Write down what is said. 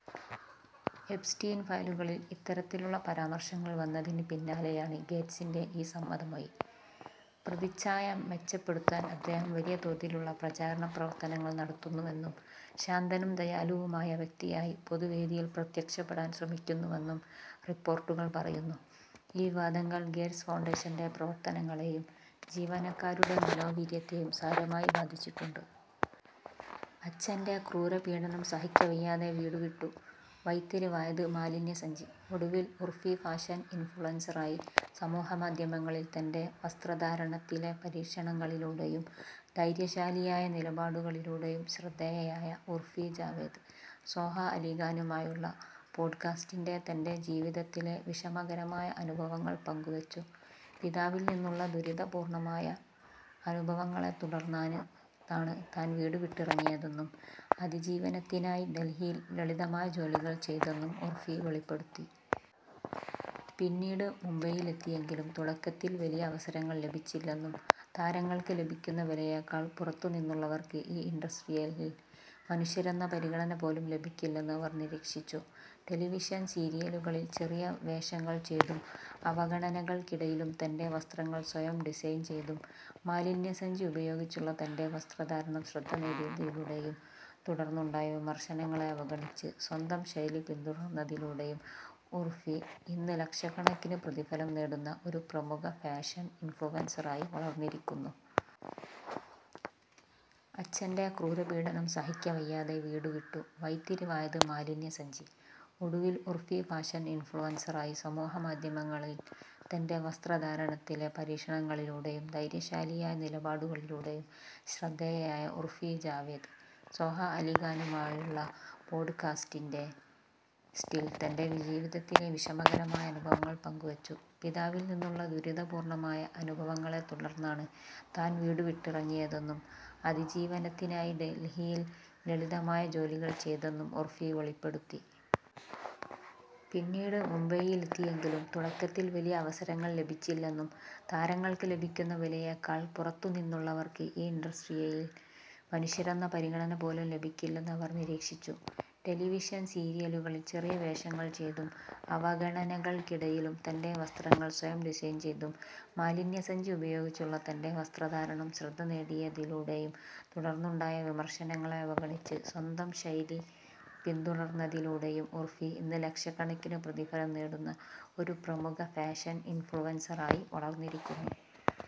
Epstein ഫയലുകളിൽ ഇത്തരത്തിലുള്ള പരാമർശങ്ങൾ വന്നതിന് പിന്നാലെയാണ് ഗേറ്റ്സിന്റെ ഈ സമ്മതമൊഴി. പ്രതിച്ഛായ മെച്ചപ്പെടുത്താൻ അദ്ദേഹം വലിയ തോതിലുള്ള പ്രചാരണ പ്രവർത്തനങ്ങൾ നടത്തുന്നുവെന്നും, ശാന്തനും ദയാലുവുമായ വ്യക്തിയായി പൊതുവേദിയിൽ പ്രത്യക്ഷപ്പെടാൻ ശ്രമിക്കുന്നുവെന്നും റിപ്പോർട്ടുകൾ പറയുന്നു. ഈ വിവാദങ്ങൾ ഗേറ്റ്സ് ഫൗണ്ടേഷന്റെ പ്രവർത്തനങ്ങളെയും ജീവനക്കാരുടെ മനോവീര്യത്തെയും സാരമായി ബാധിച്ചിട്ടുണ്ട്. അച്ഛന്റെ ക്രൂരപീഡനം സഹിക്കവയ്യാതെ വീടുവിട്ടു, വഴിത്തിരിവായത് 'മാലിന്യസഞ്ചി': ഒടുവിൽ ഉർഫി ഫാഷൻ ഇൻഫ്ലുവൻസറായി। സമൂഹമാധ്യമങ്ങളിൽ തൻ്റെ വസ്ത്രധാരണത്തിലെ പരീക്ഷണങ്ങളിലൂടെയും ധൈര്യശാലിയായ നിലപാടുകളിലൂടെയും ശ്രദ്ധേയയായ ഉർഫി ജാവേദ്, സോഹ അലി ഖാനുമായുള്ള പോഡ്കാസ്റ്റിൽ തൻ്റെ ജീവിതത്തിലെ വിഷമകരമായ അനുഭവങ്ങൾ പങ്കുവെച്ചു. പിതാവിൽ നിന്നുള്ള ദുരിതപൂർണ്ണമായ അനുഭവങ്ങളെത്തുടർന്നാണ് താൻ വീടുവിട്ടിറങ്ങിയതെന്നും, അതിജീവനത്തിനായി ഡൽഹിയിൽ ലളിതമായ ജോലികൾ ചെയ്തെന്നും ഉർഫി വെളിപ്പെടുത്തി. പിന്നീട് മുംബൈയിലെത്തിയെങ്കിലും തുടക്കത്തിൽ വലിയ അവസരങ്ങൾ ലഭിച്ചില്ലെന്നും, താരങ്ങൾക്ക് ലഭിക്കുന്ന വിലയേക്കാൾ പുറത്തുനിന്നുള്ളവർക്ക് ഈ ഇൻഡസ്ട്രിയിൽ മനുഷ്യരെന്ന പരിഗണന പോലും ലഭിക്കില്ലെന്ന് അവർ നിരീക്ഷിച്ചു. ടെലിവിഷൻ സീരിയലുകളിൽ ചെറിയ വേഷങ്ങൾ ചെയ്തും, അവഗണനകൾക്കിടയിലും തൻ്റെ വസ്ത്രങ്ങൾ സ്വയം ഡിസൈൻ ചെയ്തും, മാലിന്യസഞ്ചി ഉപയോഗിച്ചുള്ള തൻ്റെ വസ്ത്രധാരണം ശ്രദ്ധ നേടിയതിലൂടെയും, തുടർന്നുണ്ടായ വിമർശനങ്ങളെ അവഗണിച്ച് സ്വന്തം ശൈലി പിന്തുടർന്നതിലൂടെയും ഉർഫി ഇന്ന് ലക്ഷക്കണക്കിന് പ്രതിഫലം നേടുന്ന ഒരു പ്രമുഖ ഫാഷൻ ഇൻഫ്ലുവൻസറായി വളർന്നിരിക്കുന്നു. അച്ഛന്റെ ക്രൂരപീഡനം സഹിക്കവയ്യാതെ വീടുവിട്ടു, വഴിത്തിരിവായത് 'മാലിന്യസഞ്ചി': ഒടുവിൽ ഉർഫി ഫാഷൻ ഇൻഫ്ലുവൻസറായി സമൂഹമാധ്യമങ്ങളിൽ തൻ്റെ വസ്ത്രധാരണത്തിലെ പരീക്ഷണങ്ങളിലൂടെയും ധൈര്യശാലിയായ നിലപാടുകളിലൂടെയും ശ്രദ്ധേയയായ ഉർഫി ജാവേദ്, സോഹ അലി ഖാനുമായുള്ള പോഡ്കാസ്റ്റിൽ തൻ്റെ ജീവിതത്തിലെ വിഷമകരമായ അനുഭവങ്ങൾ പങ്കുവെച്ചു. പിതാവിൽ നിന്നുള്ള ദുരിതപൂർണ്ണമായ അനുഭവങ്ങളെത്തുടർന്നാണ് താൻ വീടുവിട്ടിറങ്ങിയതെന്നും, അതിജീവനത്തിനായി ഡൽഹിയിൽ ലളിതമായ ജോലികൾ ചെയ്തെന്നും ഉർഫി വെളിപ്പെടുത്തി. പിന്നീട് മുംബൈയിലെത്തിയെങ്കിലും തുടക്കത്തിൽ വലിയ അവസരങ്ങൾ ലഭിച്ചില്ലെന്നും, താരങ്ങൾക്ക് ലഭിക്കുന്ന വിലയേക്കാൾ പുറത്തുനിന്നുള്ളവർക്ക് ഈ ഇൻഡസ്ട്രിയിൽ മനുഷ്യരെന്ന പരിഗണന പോലും ലഭിക്കില്ലെന്ന് അവർ നിരീക്ഷിച്ചു. ടെലിവിഷൻ സീരിയലുകളിൽ ചെറിയ വേഷങ്ങൾ ചെയ്തും, അവഗണനകൾക്കിടയിലും തൻ്റെ വസ്ത്രങ്ങൾ സ്വയം ഡിസൈൻ ചെയ്തും, മാലിന്യസഞ്ചി ഉപയോഗിച്ചുള്ള തൻ്റെ വസ്ത്രധാരണം ശ്രദ്ധ നേടിയതിലൂടെയും, തുടർന്നുണ്ടായ വിമർശനങ്ങളെ അവഗണിച്ച് സ്വന്തം ശൈലി പിന്തുടർന്നതിലൂടെയും ഉർഫി ഇന്ന് ലക്ഷക്കണക്കിന് പ്രതിഫലം നേടുന്ന ഒരു പ്രമുഖ ഫാഷൻ ഇൻഫ്ലുവൻസറായി വളർന്നിരിക്കുന്നു.